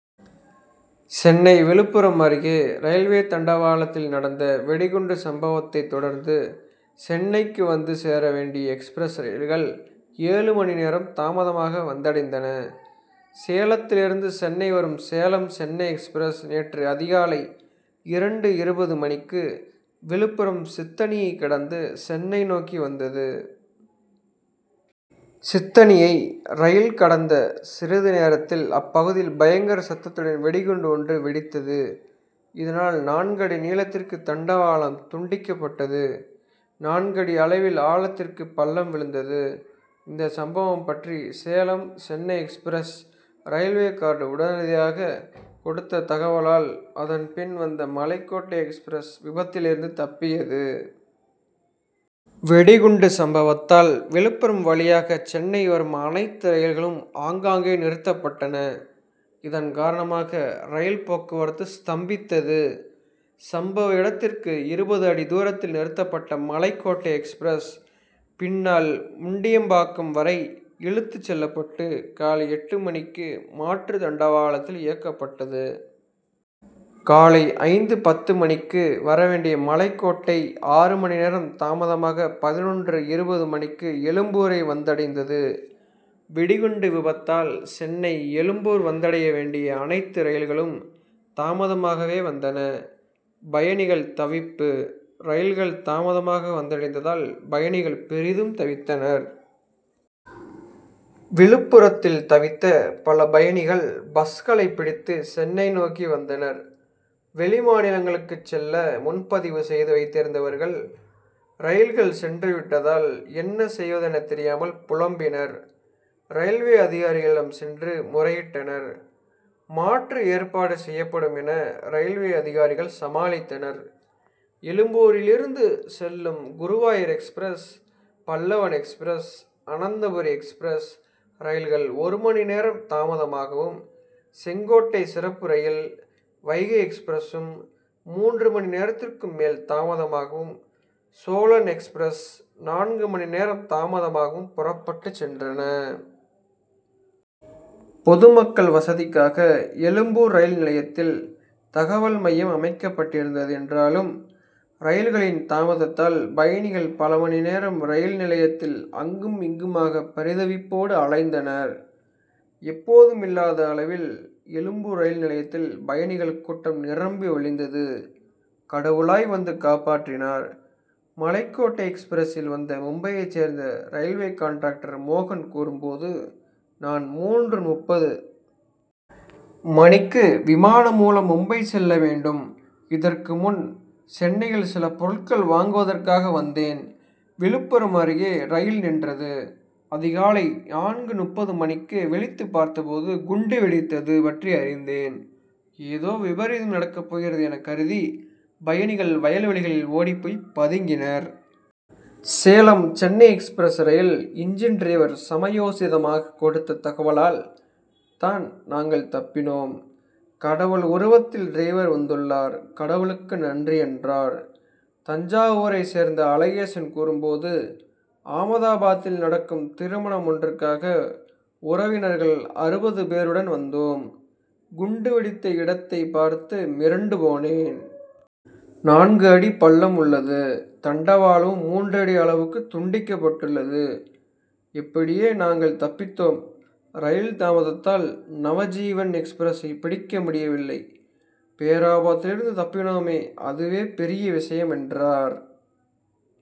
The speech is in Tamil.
சென்னை விழுப்புரம் அருகே ரயில்வே தண்டவாளத்தில் நடந்த வெடிகுண்டு சம்பவத்தைத் தொடர்ந்து சென்னைக்கு வந்து சேர வேண்டிய எக்ஸ்பிரஸ் ரயில்கள் ஏழு மணி நேரம் தாமதமாக வந்தடைந்தன. சேலத்திலிருந்து சென்னை வரும் சேலம் சென்னை எக்ஸ்பிரஸ் நேற்று அதிகாலை இரண்டு இருபது மணிக்கு விழுப்புரம் சித்தணியைக் கடந்து சென்னை நோக்கி வந்தது. சித்தணியை ரயில் கடந்த சிறிது நேரத்தில், அப்பகுதியில் பயங்கர சத்தத்துடன் வெடிகுண்டு ஒன்று வெடித்தது. இதனால், நான்கடி நீளத்திற்கு தண்டவாளம் துண்டிக்கப்பட்டது. நான்கடி அளவில் ஆழத்திற்கு பள்ளம் விழுந்தது. இந்த சம்பவம் பற்றி, Salem Chennai express railway guard உடனடியாக கொடுத்த தகவலால், அதன் பின் வந்த மலைக்கோட்டை எக்ஸ்பிரஸ் விபத்திலிருந்து தப்பியது. வெடிகுண்டு சம்பவத்தால் விழுப்புரம் வழியாக சென்னை வரும் அனைத்து ரயில்களும் ஆங்காங்கே நிறுத்தப்பட்டன. இதன் காரணமாக ரயில் போக்குரவத்து ஸ்தம்பித்தது. சம்பவ இடத்திற்கு இருபது அடி தூரத்தில் நிறுத்தப்பட்ட மலைக்கோட்டை எக்ஸ்பிரஸ், பின்னால் முண்டியம்பாக்கம் வரை இழுத்துச் செல்லப்பட்டு, காலை எட்டு மணிக்கு மாற்று தண்டவாளத்தில் இயக்கப்பட்டது. காலை ஐந்து பத்து மணிக்கு வர வேண்டிய மலைக்கோட்டை ஆறு மணி நேரம் தாமதமாக பதினொன்று.இருபது மணிக்கு எழும்பூரை வந்தடைந்தது. வெடிகுண்டு விபத்தால் சென்னை எழும்பூர் வந்தடைய வேண்டிய அனைத்து ரயில்களும் தாமதமாகவே வந்தன. பயணிகள் தவிப்பு: ரயில்கள் தாமதமாக வந்தடைந்ததால் பயணிகள் பெரிதும் தவித்தனர். விழுப்புரத்தில் தவித்த பல பயணிகள், பஸ்களை பிடித்து சென்னை நோக்கி வந்தனர். வெளிமாநிலங்களுக்குச் செல்ல முன்பதிவு செய்து வைத்திருந்தவர்கள், ரயில்கள் சென்று விட்டதால், என்ன செய்வதென தெரியாமல் புலம்பினர். ரயில்வே அதிகாரிகளிடம் சென்று முறையிட்டனர். மாற்று ஏற்பாடு செய்யப்படும் என, ரயில்வே அதிகாரிகள் சமாளித்தனர். எழும்பூரிலிருந்து செல்லும் Guruvayur express, Pallavan express, Ananthapuri express ரயில்கள் ஒரு மணி நேரம் தாமதமாகவும், செங்கோட்டை சிறப்பு ரயில், வைகை எக்ஸ்பிரசும் மூன்று மணி நேரத்திற்கும் மேல் தாமதமாகவும், சோழன் எக்ஸ்பிரஸ் நான்கு மணி நேரம் தாமதமாகவும் புறப்பட்டுச் சென்றன. பொதுமக்கள் வசதிக்காக எழும்பூர் ரயில் நிலையத்தில், தகவல் மையம் அமைக்கப்பட்டிருந்தது. என்றாலும், ரயில்களின் தாமதத்தால் பயணிகள் பல மணி நேரம் ரயில் நிலையத்தில், அங்கும், இங்குமாக பரிதவிப்போடு அலைந்தனர். எப்போதுமில்லாத அளவில் எழும்பூர் ரயில் நிலையத்தில் பயணிகள் கூட்டம் நிரம்பி வழிந்தது. கடவுளாய் வந்து காப்பாற்றினார்: மலைக்கோட்டை எக்ஸ்பிரசில் வந்த மும்பையைச் சேர்ந்த ரயில்வே கான்ட்ராக்டர் மோகன் கூறும்போது, நான் மூன்று.முப்பது மணிக்கு விமானம் மூலம் மும்பை செல்ல வேண்டும். இதற்கு முன், சென்னையில் சில பொருட்கள் வாங்குவதற்காக வந்தேன். விழுப்புரம் அருகே ரயில் நின்றது. அதிகாலை நான்கு.முப்பது மணிக்கு விழித்து பார்த்தபோது, குண்டு வெடித்தது பற்றி அறிந்தேன். ஏதோ விபரீதம் நடக்கப் போகிறது என கருதி பயணிகள், வயல்வெளிகளில் ஓடிப்போய் பதுங்கினர். சேலம் சென்னை எக்ஸ்பிரஸ் ரயில் இன்ஜின் டிரைவர் சமயோசிதமாக கொடுத்த தகவலால் தான் நாங்கள் தப்பினோம். கடவுள் உருவத்தில் டிரைவர் வந்துள்ளார். கடவுளுக்கு நன்றி என்றார். தஞ்சாவூரைச் சேர்ந்த அழகேசன் கூறும்போது, ஆமதாபாத்தில் நடக்கும் திருமணம் ஒன்றுக்காக உறவினர்கள் அறுபது பேருடன் வந்தோம். குண்டு வெடித்த இடத்தை பார்த்து மிரண்டு போனேன். நான்கடி பள்ளம் உள்ளது. தண்டவாளமும் மூன்றடி அளவுக்கு துண்டிக்கப்பட்டுள்ளது. எப்படியே நாங்கள் தப்பித்தோம். ரயில் தாமதத்தால் நவஜீவன் எக்ஸ்பிரசை பிடிக்க முடியவில்லை. பேராபத்திலிருந்து தப்பினோமே அதுவே பெரிய விஷயம் என்றார்.